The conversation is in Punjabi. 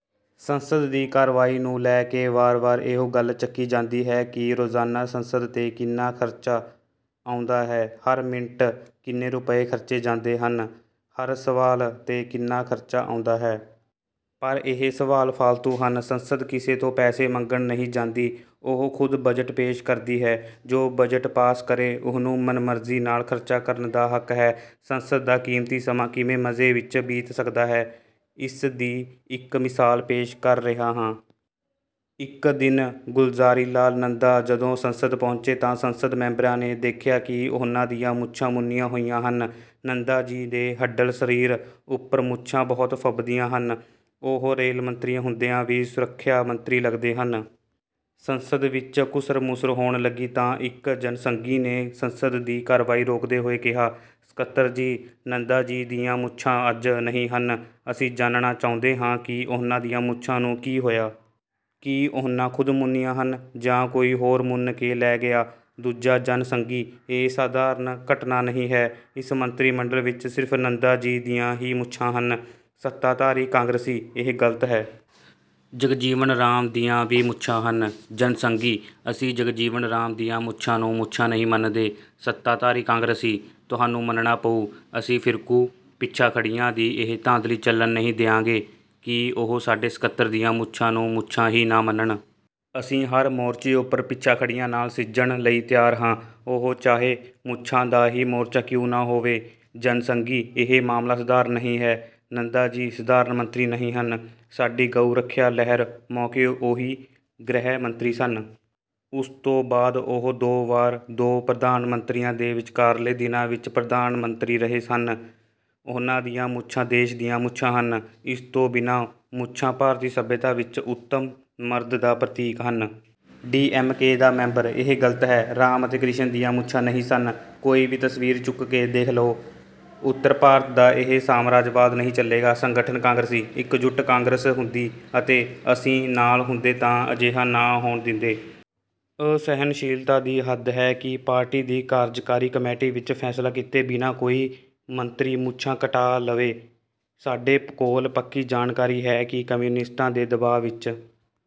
ਸੰਸਦ ਦੀ ਕਾਰਵਾਈ ਨੂੰ ਲੈ ਕੇ ਵਾਰ-ਵਾਰ ਇਹੋ ਗੱਲ ਚੱਕੀ ਜਾਂਦੀ ਹੈ ਕਿ ਰੋਜ਼ਾਨਾ ਸੰਸਦ 'ਤੇ ਕਿੰਨਾ ਖਰਚਾ ਆਉਂਦਾ ਹੈ? ਹਰ ਮਿੰਟ ਕਿੰਨੇ ਰੁਪਏ ਖਰਚੇ ਜਾਂਦੇ ਹਨ? ਹਰ ਸਵਾਲ 'ਤੇ ਕਿੰਨਾ ਖਰਚਾ ਆਉਂਦਾ ਹੈ? ਪਰ ਇਹ ਸਵਾਲ ਫਾਲਤੂ ਹਨ। ਸੰਸਦ ਕਿਸੇ ਤੋਂ ਪੈਸੇ ਮੰਗਣ ਨਹੀਂ ਜਾਂਦੀ। ਉਹ ਖੁਦ ਬਜਟ ਪੇਸ਼ ਕਰਦੀ ਹੈ। ਜੋ ਬਜਟ ਪਾਸ ਕਰੇ, ਉਹਨੂੰ ਮਨਮਰਜ਼ੀ ਨਾਲ ਖਰਚਾ ਕਰਨ ਦਾ ਹੱਕ ਹੈ। ਸੰਸਦ ਦਾ ਕੀਮਤੀ ਸਮਾਂ ਕਿਵੇਂ ਮਜ਼ੇ ਵਿੱਚ ਬੀਤ ਸਕਦਾ ਹੈ ਇਸ ਦੀ ਇੱਕ ਮਿਸਾਲ ਪੇਸ਼ ਕਰ ਰਿਹਾ ਹਾਂ। ਇੱਕ ਦਿਨ ਗੁਲਜ਼ਾਰੀਲਾਲ ਨੰਦਾ ਜਦੋਂ ਸੰਸਦ ਪਹੁੰਚੇ ਤਾਂ ਸੰਸਦ ਮੈਂਬਰਾਂ ਨੇ ਦੇਖਿਆ ਕਿ ਉਹਨਾਂ ਦੀਆਂ ਮੁੱਛਾਂ ਮੁੰਨੀਆਂ ਹੋਈਆਂ ਹਨ। ਨੰਦਾ ਜੀ ਦੇ ਹੱਡਲ ਸਰੀਰ ਉੱਪਰ ਮੁੱਛਾਂ ਬਹੁਤ ਫੱਬਦੀਆਂ ਹਨ। ਉਹ ਰੇਲ ਮੰਤਰੀ ਹੁੰਦਿਆਂ ਵੀ ਸੁਰੱਖਿਆ ਮੰਤਰੀ ਲਗਦੇ ਹਨ। ਸੰਸਦ ਵਿੱਚ ਘੁਸਰ-ਮੁਸਰ ਹੋਣ ਲੱਗੀ ਤਾਂ ਇੱਕ ਜਨਸੰਘੀ ਨੇ ਸੰਸਦ ਦੀ ਕਾਰਵਾਈ ਰੋਕਦੇ ਹੋਏ ਕਿਹਾ, "ਸਕੱਤਰ ਜੀ, ਨੰਦਾ ਜੀ ਦੀਆਂ ਮੁੱਛਾਂ ਅੱਜ ਨਹੀਂ ਹਨ। ਅਸੀਂ ਜਾਣਨਾ ਚਾਹੁੰਦੇ ਹਾਂ ਕਿ ਉਹਨਾਂ ਦੀਆਂ ਮੁੱਛਾਂ ਨੂੰ ਕੀ ਹੋਇਆ? ਕੀ ਉਹਨਾਂ ਖੁਦ ਮੁੰਨੀਆਂ ਹਨ ਜਾਂ ਕੋਈ ਹੋਰ ਮੁੰਨ ਕੇ ਲੈ ਗਿਆ?" ਦੂਜਾ ਜਨ ਸੰਘੀ, "ਇਹ ਸਧਾਰਨ ਘਟਨਾ ਨਹੀਂ ਹੈ। ਇਸ ਮੰਤਰੀ ਮੰਡਲ ਵਿੱਚ ਸਿਰਫ ਨੰਦਾ ਜੀ ਦੀਆਂ ਹੀ ਮੁੱਛਾਂ ਹਨ।" ਸੱਤਾਧਾਰੀ ਕਾਂਗਰਸੀ, "ਇਹ ਗਲਤ ਹੈ। ਜਗਜੀਵਨ ਰਾਮ ਦੀਆਂ ਵੀ ਮੁੱਛਾਂ ਹਨ।" ਜਨਸੰਘੀ, "ਅਸੀਂ ਜਗਜੀਵਨ ਰਾਮ ਦੀਆਂ ਮੁੱਛਾਂ ਨੂੰ ਮੁੱਛਾਂ ਨਹੀਂ ਮੰਨਦੇ।" ਸੱਤਾਧਾਰੀ ਕਾਂਗਰਸੀ, "ਤੁਹਾਨੂੰ ਮੰਨਣਾ ਪਊ। ਅਸੀਂ ਫਿਰਕੂ ਪਿਛਾਖੜੀਆਂ ਦੀ ਇਹ ਧਾਂਦਲੀ ਚੱਲਣ ਨਹੀਂ ਦਿਆਂਗੇ ਕਿ ਉਹ ਸਾਡੇ ਸਕੱਤਰ ਦੀਆਂ ਮੁੱਛਾਂ ਨੂੰ ਮੁੱਛਾਂ ਹੀ ਨਾ ਮੰਨਣ। ਅਸੀਂ ਹਰ ਮੋਰਚੇ ਉੱਪਰ ਪਿਛਾਖੜੀਆਂ ਨਾਲ ਸਿੱਝਣ ਲਈ ਤਿਆਰ ਹਾਂ ਉਹ ਚਾਹੇ ਮੁੱਛਾਂ ਦਾ ਹੀ ਮੋਰਚਾ ਕਿਉਂ ਨਾ ਹੋਵੇ।" ਜਨਸੰਘੀ, "ਇਹ ਮਾਮਲਾ ਸਧਾਰਨ ਨਹੀਂ ਹੈ। ਨੰਦਾ ਜੀ ਸਧਾਰਨ ਮੰਤਰੀ ਨਹੀਂ ਹਨ। ਸਾਡੀ ਗਊ ਰੱਖਿਆ ਲਹਿਰ ਮੌਕੇ ਉਹੀ ਗ੍ਰਹਿ ਮੰਤਰੀ ਸਨ। ਉਸ ਤੋਂ ਬਾਅਦ ਉਹ ਦੋ ਵਾਰ ਦੋ ਪ੍ਰਧਾਨ ਮੰਤਰੀਆਂ ਦੇ ਵਿਚਕਾਰਲੇ ਦਿਨਾਂ ਵਿੱਚ ਪ੍ਰਧਾਨ ਮੰਤਰੀ ਰਹੇ ਹਨ। ਉਹਨਾਂ ਦੀਆਂ ਮੁੱਛਾਂ ਦੇਸ਼ ਦੀਆਂ ਮੁੱਛਾਂ ਹਨ। ਇਸ ਤੋਂ ਬਿਨਾਂ ਮੁੱਛਾਂ ਭਾਰਤੀ ਸੱਭਿਅਤਾ ਵਿੱਚ ਉੱਤਮ ਮਰਦ ਦਾ ਪ੍ਰਤੀਕ ਹਨ।" ਡੀ. ਐਮ. ਕੇ. ਦਾ ਮੈਂਬਰ, "ਇਹ ਗਲਤ ਹੈ। ਰਾਮ ਅਤੇ ਕ੍ਰਿਸ਼ਨ ਦੀਆਂ ਮੁੱਛਾਂ ਨਹੀਂ ਸਨ। ਕੋਈ ਵੀ ਤਸਵੀਰ ਚੁੱਕ ਕੇ ਦੇਖ ਲਉ। ਉੱਤਰ ਭਾਰਤ ਦਾ ਇਹ ਸਾਮਰਾਜਵਾਦ ਨਹੀਂ ਚੱਲੇਗਾ।" ਸੰਗਠਨ ਕਾਂਗਰਸੀ, "ਇੱਕਜੁੱਟ ਕਾਂਗਰਸ ਹੁੰਦੀ ਅਤੇ ਅਸੀਂ ਨਾਲ ਹੁੰਦੇ ਤਾਂ ਅਜਿਹਾ ਨਾ ਹੋਣ ਦਿੰਦੇ। ਅਸਹਿਣਸ਼ੀਲਤਾ ਦੀ ਹੱਦ ਹੈ ਕਿ ਪਾਰਟੀ ਦੀ ਕਾਰਜਕਾਰੀ ਕਮੇਟੀ ਵਿੱਚ ਫੈਸਲਾ ਕੀਤੇ ਬਿਨਾਂ ਕੋਈ ਮੰਤਰੀ ਮੁੱਛਾਂ ਕਟਾ ਲਵੇ। ਸਾਡੇ ਕੋਲ ਪੱਕੀ ਜਾਣਕਾਰੀ ਹੈ ਕਿ ਕਮਿਊਨਿਸਟਾਂ ਦੇ ਦਬਾਅ ਵਿੱਚ